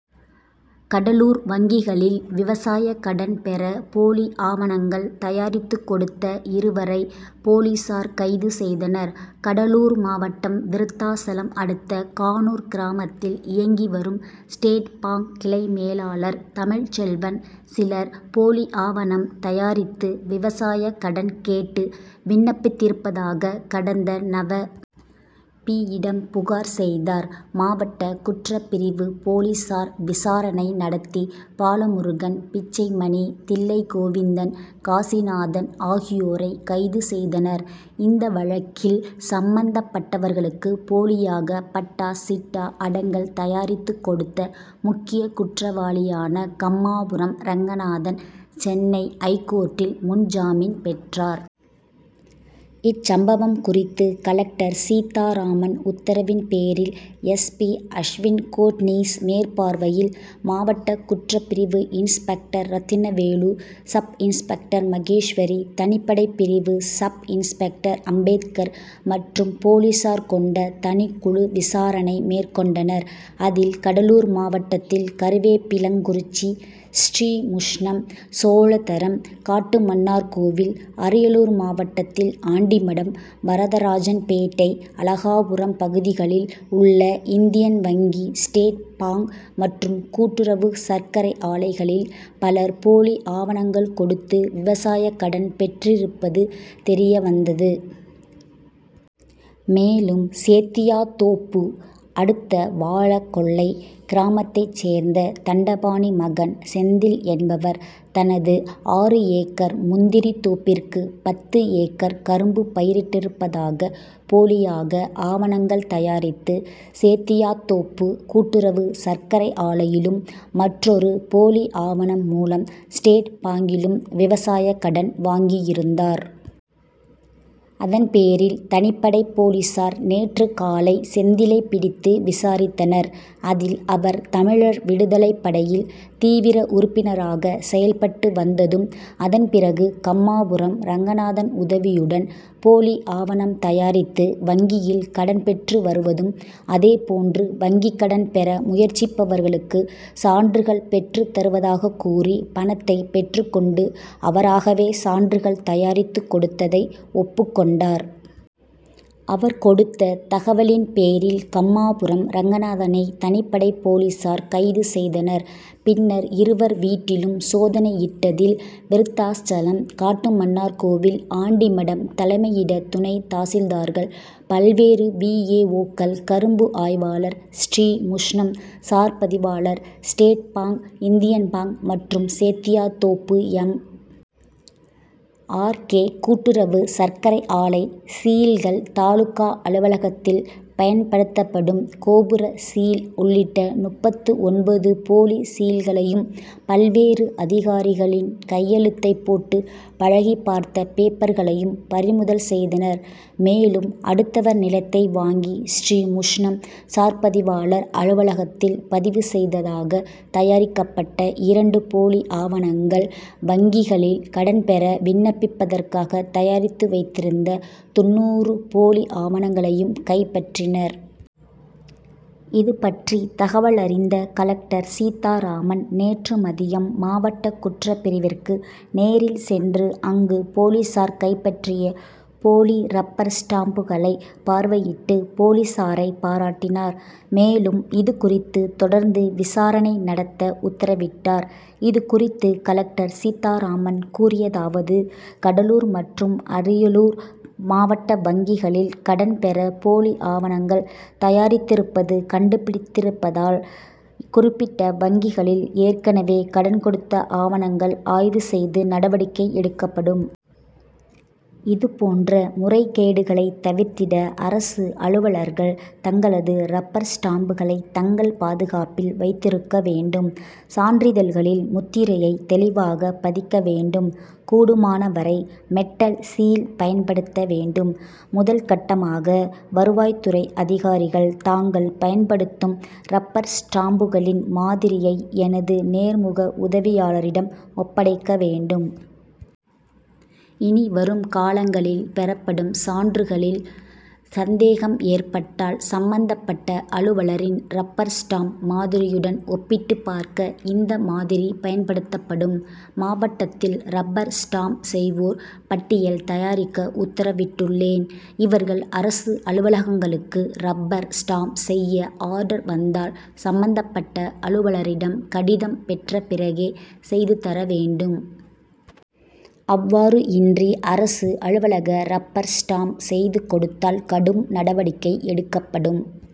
கடலூர் வங்கிகளில் விவசாய கடன் பெற போலி ஆவணங்கள் தயாரித்து கொடுத்த இருவரை போலீசார் கைது செய்தனர். கடலூர் மாவட்டம் விருத்தாசலம் அடுத்த கானூர் கிராமத்தில் இயங்கி வரும் ஸ்டேட் பாங்க் கிளை மேலாளர் தமிழ்ச்செல்வன், சிலர் போலி ஆவணம் தயாரித்து விவசாய கடன் கேட்டு விண்ணப்பித்திருப்பதாக கடந்த நவ. பி.,யிடம் புகார் செய்தார். மாவட்ட குற்றப் பிரிவு போலீசார் விசாரணை நடத்தி பாலமுருகன், பிச்சைமணி, தில்லைகோவிந்தன், காசிநாதன் ஆகியோரை கைது செய்தனர். இந்த வழக்கில் சம்மந் தப்பட்டவர்களுக்கு போலியாக பட்டா, சிட்டா, அடங்கல் தயாரித்து கொடுத்த முக்கிய குற்றவாளியான கம்மாபுரம் ரங்கநாதன் சென்னை ஐகோர்ட்டில் முன்ஜாமீன் பெற்றார். இச்சம்பவம் குறித்து கலெக்டர் சீத்தாராமன் உத்தரவின் பேரில், எஸ். பி., அஷ்வின் கோட்னீஸ் மேற்பார்வையில், மாவட்ட குற்றப்பிரிவு inspector Rathinavelu, sub inspector Maheswari, தனிப்படை பிரிவு சப் இன்ஸ் பெக்டர் அம்பேத்கர் மற்றும் போலீசார் கொண்ட தனிக்குழு விசாரணை மேற்கொண்டனர். அதில், கடலூர் மாவட்டத் தில் கருவேப்பிலங்குறிச்சி, ஸ்ரீமுஷ்ணம், சோழதரம், காட்டுமன்னார்கோவில், அரியலூர் மாவட்டத்தில் ஆண்டிமடம், வரதராஜன்பேட்டை, அழகாபுரம் பகுதிகளில் உள்ள இந்தியன் வங்கி, ஸ்டேட் பாங்க் மற்றும் கூட்டுறவு சர்க்கரை ஆலைகளில் பலர் போலி ஆவணங்கள் கொடுத்து விவசாய கடன் பெற்றிருப்பது தெரியவந்தது. மேலும், சேத்தியாத்தோப்பு அடுத்த வாழக்கொல்லை கிராமத்தைச் சேர்ந்த தண்டபாணி மகன் செந்தில் என்பவர் தனது ஆறு ஏக்கர் முந்திரி தோப்பிற்கு பத்து ஏக்கர் கரும்பு பயிரிட்டிருப்பதாக போலியாக ஆவணங்கள் தயாரித்து சேத்தியாத்தோப்பு கூட்டுறவு சர்க் கரை ஆலையிலும், மற்றொரு போலி ஆவணம் மூலம் ஸ்டேட் பாங்கிலும் விவசாய கடன் வாங்கியிருந்தார். அதன்பேரில் தனிப்படை போலீசார், நேற்று காலை செந்திலை பிடித்து விசாரித்தனர். அதில் அவர் தமிழர் விடுதலை படையில் தீவிர உறுப்பினராக செயல்பட்டு வந்ததும், அதன்பிறகு கம்மாபுரம் ரங்கநாதன் உதவியுடன் போலி ஆவணம் தயாரித்து வங்கியில் கடன் பெற்று வருவதும், அதேபோன்று வங்கி கடன் பெற முயற்சிப்பவர்களுக்கு சான்றுகள் பெற்றுத் தருவதாக கூறி பணத்தை பெற்றுக் கொண்டு அவராகவே சான்றுகள் தயாரித்து கொடுத்ததை ஒப்புக் கொண்டார். அவர் கொடுத்த தகவலின் பேரில் கம்மாபுரம் ரங்கநாதனை தனிப்படை போலீசார் கைது செய்தனர். பின்னர் இருவர் வீட்டிலும் சோதனையிட்டதில் விருத்தாசலம், காட்டுமன்னார்கோவில், ஆண்டிமடம் தலைமையிட துணை தாசில்தார்கள், பல்வேறு வி. ஏ. ஓ.,க்கள், கரும்பு ஆய்வாளர், ஸ்ரீமுஷ்ணம் சார்பதிவாளர், ஸ்டேட் பாங்க், இந்தியன் பாங்க் மற்றும் சேத்தியாத்தோப்பு எம். ஆர். கே. கூட்டுறவு சர்க்கரை ஆலை சீல்கள், தாலுகா அலுவலகத்தில் பயன் படுத்தப்படும் கோபுர சீல் உள்ளிட்ட முப்பத்து ஒன்பது போலி சீல்களையும், பல்வேறு அதிகாரிகளின் கையெழுத்தை போட்டு பழகி பார்த்த பேப்பர் களையும் பறிமுதல் செய்தனர். மேலும், அடுத்தவர் நிலத்தை வாங்கி ஸ்ரீமுஷ்ணம் சார்பதிவாளர் அலுவலகத்தில் பதிவு செய்ததாக தயாரிக்கப் பட்ட இரண்டு போலி ஆவணங்கள், வங்கிகளில் கடன் பெற விண்ணப்பிப் பதற்காக தயாரித்து வைத்திருந்த தொண்ணூறு போலி ஆவணங்களையும் கைப்பற்றினர். இதுபற்றி தகவலறிந்த கலெக்டர் சீத்தாராமன், நேற்று மதியம் மாவட்ட குற்றப் பிரிவிற்கு நேரில் சென்று அங்கு போலீசார் கைப்பற்றிய போலி ரப்பர் ஸ்டாம்புகளை பார்வையிட்டு போலீசாரை பாராட்டினார். மேலும், இதுகுறித்து தொடர்ந்து விசாரணை நடத்த உத்தரவிட்டார். இது குறித்து கலெக்டர் சீத்தாராமன் கூறியதாவது கடலூர் மற்றும் அரியலூர் மாவட்ட வங்கிகளில் கடன் பெற போலி ஆவணங்கள் தயாரித்திருப்பது கண்டுபிடித்திருப்பதால், குறிப்பிட்ட வங்கிகளில் ஏற்கனவே கடன் கொடுத்த ஆவணங்கள் ஆய்வு செய்து நடவடிக்கை எடுக்கப்படும். இதுபோன்ற முறைகேடுகளை தவிர்த்திட அரசு அலுவலர்கள் தங்களது ரப்பர் ஸ்டாம் புகளை தங்கள் பாதுகாப்பில் வைத்திருக்க வேண்டும். சான்றிதழ்களில் முத்திரையை தெளிவாக பதிக்க வேண்டும். கூடுமானவரை மெட்டல் சீல்' பயன்படுத்த வேண்டும். முதல்கட்டமாக வருவாய்த் துறை அதிகாரிகள் தாங்கள் பயன்படுத்தும் ரப்பர் ஸ்டாம்புகளின் மாதிரியை எனது நேர் முக உதவியாளரிடம் ஒப்படைக்க வேண்டும். இனி வரும் காலங்களில் பெறப்படும் சான்றுகளில் சந்தேகம் ஏற்பட்டால் சம்மந்தப்பட்ட அலுவலரின் ரப்பர் ஸ்டாம்ப் மாதிரியுடன் ஒப்பிட்டு பார்க்க இந்த மாதிரி பயன்படுத்தப்படும். மாவட்டத்தில் ரப்பர் ஸ்டாம்ப் செய்வோர் பட்டியல் தயாரிக்க உத்தரவிட்டுள்ளேன். இவர்கள் அரசு அலுவலகங்களுக்கு ரப்பர் ஸ்டாம்ப் செய்ய ஆர்டர் வந்தால், சம்மந்தப் பட்ட அலுவலரிடம் கடிதம் பெற்ற பிறகே செய்து தர வேண்டும். அவ்வாறு இன்றி அரசு அலுவலக ரப்பர் ஸ்டாம்ப் செய்து கொடுத்தால் கடும் நடவடிக்கை எடுக்கப்படும்.